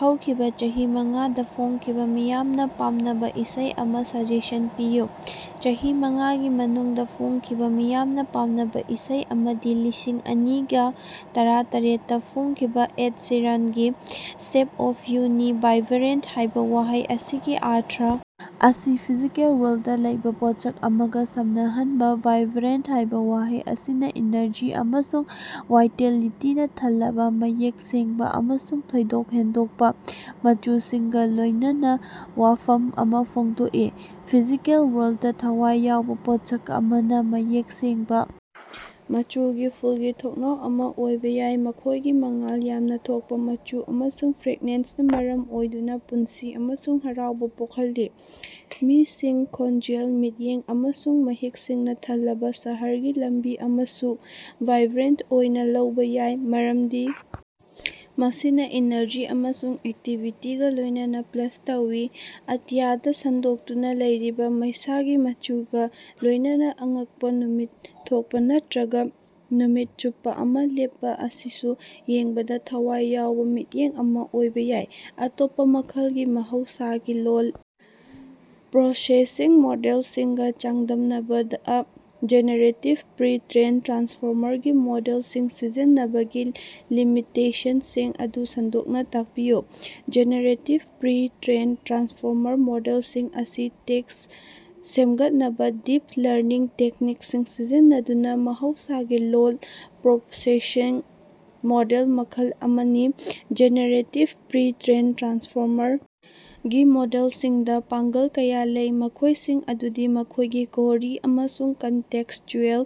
ꯍꯧꯈꯤꯕ ꯆꯍꯤ ꯃꯉꯥꯗ ꯐꯣꯡꯈꯤꯕ ꯃꯤꯌꯥꯝꯅ ꯄꯥꯝꯅꯕ ꯏꯁꯩ ꯑꯃ ꯁꯖꯦꯁꯟ ꯄꯤꯌꯨ꯫ ꯆꯍꯤ ꯃꯉꯥꯒꯤ ꯃꯅꯨꯡꯗ ꯐꯣꯡꯈꯤꯕ ꯃꯤꯌꯥꯝꯅ ꯄꯥꯝꯅꯕ ꯏꯁꯩ ꯑꯃꯗꯤ ꯂꯤꯁꯤꯡ ꯑꯅꯤꯒ ꯇꯔꯥꯇꯔꯦꯠꯇ ꯐꯣꯡꯈꯤꯕ ꯑꯦꯗ ꯁꯤꯔꯟꯒꯤ "ꯁꯦꯞ ꯑꯣꯐ ꯌꯨ" ꯅꯤ꯫ "ꯚꯥꯏꯕ꯭ꯔꯦꯟꯇ" ꯍꯥꯏꯕ ꯋꯥꯍꯩ ꯑꯁꯤꯒꯤ ꯑꯔꯊ ꯑꯁꯤ ꯐꯤꯖꯤꯀꯦꯜ ꯋꯥꯔꯜꯗꯗ ꯂꯩꯕ ꯄꯣꯠꯁꯛ ꯑꯃꯒ ꯁꯝꯅꯍꯟꯕ꯫ "ꯚꯥꯏꯕ꯭ꯔꯦꯟꯇ" ꯍꯥꯏꯕ ꯋꯥꯍꯩ ꯑꯁꯤꯅ ꯏꯅꯔꯖꯤ ꯑꯃꯁꯨꯡ ꯋꯥꯏꯇꯦꯂꯤꯇꯤꯅꯥ ꯊꯜꯂꯕ, ꯃꯌꯦꯛ ꯁꯦꯡꯕ ꯑꯃꯁꯨꯡ ꯊꯣꯏꯗꯣꯛ ꯍꯦꯟꯗꯣꯛꯄ ꯃꯆꯨꯁꯤꯡꯒ ꯂꯣꯏꯅꯅ ꯋꯥꯐꯝ ꯑꯃ ꯐꯣꯡꯗꯣꯛꯏ꯫ ꯐꯤꯖꯤꯀꯦꯜ ꯋꯥꯔꯜꯗꯇ, ꯊꯋꯥꯏ ꯌꯥꯎꯕ ꯄꯣꯠꯁꯛ ꯑꯃꯅ ꯃꯌꯦꯛ ꯁꯦꯡꯕ ꯃꯆꯨꯒꯤ ꯐꯨꯜꯒꯤ ꯊꯣꯡꯅꯥꯎ ꯑꯃ ꯑꯣꯏꯕ ꯌꯥꯏ, ꯃꯈꯣꯏꯒꯤ ꯃꯉꯥꯜ ꯌꯥꯝꯅ ꯊꯣꯛꯄ ꯃꯆꯨ ꯑꯃꯁꯨꯡ ꯐ꯭ꯔꯦꯁꯅꯦꯁꯅ ꯃꯔꯝ ꯑꯣꯏꯗꯨꯅ ꯄꯨꯟꯁꯤ ꯑꯃꯁꯨꯡ ꯍꯔꯥꯎꯕ ꯄꯣꯛꯍꯜꯂꯤ꯫ ꯃꯤꯁꯤꯡ, ꯈꯣꯟꯖꯦꯜ, ꯃꯤꯠꯌꯦꯡ ꯑꯃꯁꯨꯡ ꯃꯍꯤꯛꯁꯤꯡꯅ ꯊꯜꯂꯕ ꯁꯍꯔꯒꯤ ꯂꯝꯕꯤ ꯑꯃꯁꯨ ꯋꯥꯏꯕ꯭ꯔꯦꯟꯇ ꯑꯣꯏꯅ ꯂꯧꯕ ꯌꯥꯏ, ꯃꯔꯝꯗꯤ ꯃꯁꯤꯅ ꯏꯅꯔꯖꯤ ꯑꯃꯁꯨꯡ ꯑꯦꯛꯇꯤꯕꯤꯇꯤꯒ ꯂꯣꯏꯅꯅ ꯄ꯭ꯂꯁ ꯇꯧꯏ꯫ ꯑꯇꯤꯌꯥꯗ ꯁꯟꯗꯣꯛꯇꯨꯅ ꯂꯩꯔꯤꯕ ꯃꯩꯁꯥꯒꯤ ꯃꯆꯨꯁꯤꯡꯒ ꯂꯣꯏꯅꯅ ꯑꯉꯛꯄ ꯅꯨꯃꯤꯠ ꯊꯣꯛꯄ ꯅꯠꯇ꯭ꯔꯒ ꯅꯨꯃꯤꯠ ꯆꯨꯞꯄ ꯑꯃ ꯂꯦꯞꯄ ꯑꯁꯤꯁꯨ ꯌꯦꯡꯕꯗ ꯊꯋꯥꯏ ꯌꯥꯎꯕ ꯃꯤꯠꯌꯦꯡ ꯑꯃ ꯑꯣꯏꯕ ꯌꯥꯏ꯫ ꯑꯇꯣꯞꯄ ꯃꯈꯜꯒꯤ ꯃꯍꯧꯁꯥꯒꯤ ꯂꯣꯜ ꯄ꯭ꯔꯣꯁꯦꯁꯤꯡ ꯃꯣꯗꯦꯜꯁꯤꯡꯒ ꯆꯥꯡꯗꯝꯅꯕꯗ ꯖꯦꯅꯦꯔꯦꯇꯤꯚ ꯄ꯭ꯔꯤ-ꯇ꯭ꯔꯦꯟꯗ ꯇ꯭ꯔꯥꯟꯁꯐꯣꯃꯔ ꯒꯤ ꯃꯣꯗꯦꯜꯁꯤꯡ ꯁꯤꯖꯤꯟꯅꯕꯒꯤ ꯂꯤꯃꯤꯇꯦꯁꯟꯁꯤꯡ ꯑꯗꯨ ꯁꯟꯗꯣꯛꯅ ꯇꯥꯛꯄꯤꯌꯨ꯫ ꯖꯦꯅꯦꯔꯦꯇꯤꯚ ꯄ꯭ꯔꯤ-ꯇ꯭ꯔꯦꯟꯗ ꯇ꯭ꯔꯥꯟꯁꯐꯣꯃꯔ ꯃꯣꯗꯦꯜꯁꯤꯡ ꯑꯁꯤ ꯇꯦꯛꯁ ꯁꯦꯝꯒꯠꯅꯕ ꯗꯤꯞ ꯂꯔꯅꯤꯡ ꯇꯦꯛꯅꯤꯛꯁꯤꯡ ꯁꯤꯖꯤꯟꯅꯗꯨꯅ ꯃꯍꯧꯁꯥꯒꯤ ꯂꯣꯜ ꯄ꯭ꯔꯣꯁꯦꯁꯤꯡ ꯃꯣꯗꯦꯜ ꯃꯈꯜ ꯑꯃꯅꯤ꯫ ꯖꯦꯅꯦꯔꯦꯇꯤꯚ ꯄ꯭ꯔꯤ-ꯇ꯭ꯔꯦꯟꯗ ꯇ꯭ꯔꯥꯟꯁꯐꯣꯃꯔ ꯒꯤ ꯃꯣꯗꯦꯜꯁꯤꯡꯗ ꯄꯥꯡꯒꯜ ꯀꯌꯥ ꯂꯩ, ꯃꯈꯣꯏꯁꯤꯡ ꯑꯗꯨꯗꯤ ꯃꯈꯣꯏꯒꯤ ꯀꯣꯍꯔꯤ ꯑꯃꯁꯨꯡ ꯀꯟꯇꯦꯛꯁꯆꯨꯑꯦꯜ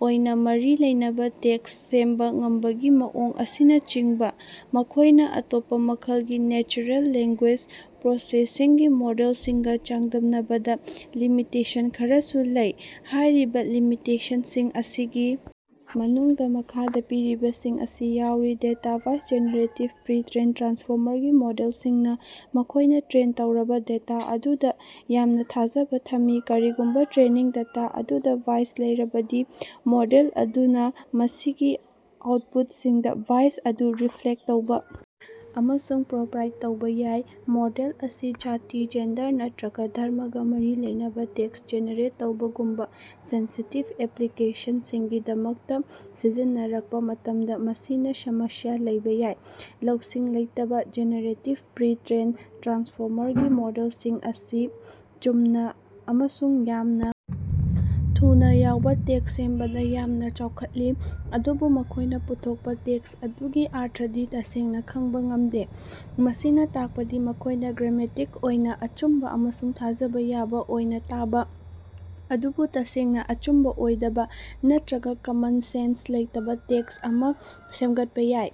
ꯑꯣꯏꯅ ꯃꯔꯤ ꯂꯩꯅꯕ ꯇꯦꯛꯁ ꯁꯦꯝꯕ ꯉꯝꯕꯒꯤ ꯃꯑꯣꯡ ꯑꯁꯤꯅꯆꯤꯡꯕ, ꯃꯈꯣꯏꯅ ꯑꯇꯣꯞꯄ ꯃꯈꯜꯒꯤ ꯅꯦꯆꯔꯦꯜ ꯂꯦꯡꯒ꯭ꯌꯨꯑꯦꯁ ꯄ꯭ꯔꯣꯁꯦꯁꯤꯡꯒꯤ ꯃꯣꯗꯦꯜꯁꯤꯡꯒ ꯆꯥꯡꯗꯝꯅꯕꯗ ꯂꯤꯃꯤꯇꯦꯁꯟ ꯈꯔꯁꯨ ꯂꯩ꯫ ꯍꯥꯏꯔꯤꯕ ꯂꯤꯃꯤꯇꯦꯁꯟꯁꯤꯡ ꯑꯁꯤꯒꯤ ꯃꯅꯨꯡꯗ ꯃꯈꯥꯗ ꯄꯤꯔꯤꯕꯁꯤꯡ ꯑꯁꯤ ꯌꯥꯎꯔꯤ: ꯗꯦꯇꯥ ꯕꯥꯏꯁ: ꯖꯦꯅꯦꯔꯦꯇꯤꯚ ꯄ꯭ꯔꯤ-ꯇ꯭ꯔꯦꯟꯗ ꯇ꯭ꯔꯥꯟꯁꯐꯣꯃꯔꯒꯤ ꯃꯣꯗꯦꯜꯁꯤꯡꯅ ꯃꯈꯣꯢꯅ ꯇ꯭ꯔꯦꯟ ꯇꯧꯔꯕ ꯗꯦꯇꯥ ꯑꯗꯨꯗ ꯌꯥꯝꯅ ꯊꯥꯖꯕ ꯊꯝꯃꯤ꯫ ꯀꯔꯤꯒꯨꯝꯕ ꯇ꯭ꯔꯦꯅꯤꯡ ꯗꯦꯇꯥ ꯑꯗꯨꯗ ꯕꯥꯏꯁ ꯂꯩꯔꯕꯗꯤ ꯃꯣꯗꯦꯜ ꯑꯗꯨꯅ ꯃꯁꯤꯒꯤ ꯑꯥꯎꯠꯄꯨꯠꯁꯤꯡꯗ ꯕꯥꯏꯁ ꯑꯗꯨ ꯔꯤꯐ꯭ꯂꯦꯛꯇ ꯇꯧꯕ ꯑꯃꯁꯨꯡ ꯄ꯭ꯔꯣꯄꯥꯏꯖ ꯇꯧꯕ ꯌꯥꯏ꯫ ꯃꯣꯗꯦꯜ ꯑꯁꯤ ꯖꯥꯇꯤ, ꯖꯦꯟꯗꯔ ꯅꯠꯇ꯭ꯔꯒ ꯙꯔꯝꯃꯒ ꯃꯔꯤ ꯂꯩꯅꯕ ꯇꯦꯛꯁ ꯖꯦꯅꯦꯔꯦꯠ ꯇꯧꯕꯒꯨꯝꯕ ꯁꯦꯟꯁꯤꯇꯤꯚ ꯑꯦꯄ꯭ꯂꯤꯀꯦꯁꯟꯁꯤꯡꯒꯤꯗꯃꯛꯇ ꯁꯤꯖꯤꯟꯅꯔꯛꯄ ꯃꯇꯝꯗ ꯃꯁꯤꯅ ꯁꯃꯁ꯭ꯌꯥ ꯂꯩꯕ ꯌꯥꯏ꯫ ꯂꯧꯁꯤꯡ ꯂꯩꯇꯕ: ꯖꯦꯅꯦꯔꯦꯇꯤꯚ ꯄ꯭ꯔꯤ-ꯇ꯭ꯔꯦꯟꯗ ꯇ꯭ꯔꯥꯟꯁꯐꯣꯃꯔꯒꯤ ꯃꯣꯗꯦꯜꯁꯤꯡ ꯑꯁꯤ ꯆꯨꯝꯅ ꯑꯃꯁꯨꯡ ꯌꯥꯝꯅ ꯊꯨꯅ ꯌꯥꯎꯕ ꯇꯦꯛꯁ ꯁꯦꯝꯕꯗ ꯌꯥꯝꯅ ꯆꯥꯎꯈꯠꯂꯤ, ꯑꯗꯨꯕꯨ ꯃꯈꯣꯏꯅ ꯄꯨꯊꯣꯛꯄ ꯇꯦꯛꯁ ꯑꯗꯨꯒꯤ ꯑꯔꯊꯗꯤ ꯇꯁꯦꯡꯅ ꯈꯪꯕ ꯉꯝꯗꯦ ꯫ ꯃꯁꯤꯅ ꯇꯥꯛꯄꯗꯤ ꯃꯈꯣꯢꯅ ꯒ꯭ꯔꯥꯃꯦꯇꯤꯛ ꯑꯣꯏꯅ ꯑꯆꯨꯝꯕ ꯑꯃꯁꯨꯡ ꯊꯥꯖꯕ ꯌꯥꯕ ꯑꯣꯏꯅ ꯇꯥꯕ, ꯑꯗꯨꯕꯨ ꯇꯁꯦꯡꯅ ꯑꯆꯨꯝꯕ ꯑꯣꯏꯗꯕ, ꯅꯠꯇ꯭ꯔꯒ ꯀꯃꯟ ꯁꯦꯟꯁ ꯂꯩꯇꯕ ꯇꯦꯛꯁ ꯑꯃ ꯁꯦꯝꯒꯠꯄ ꯌꯥꯏ꯫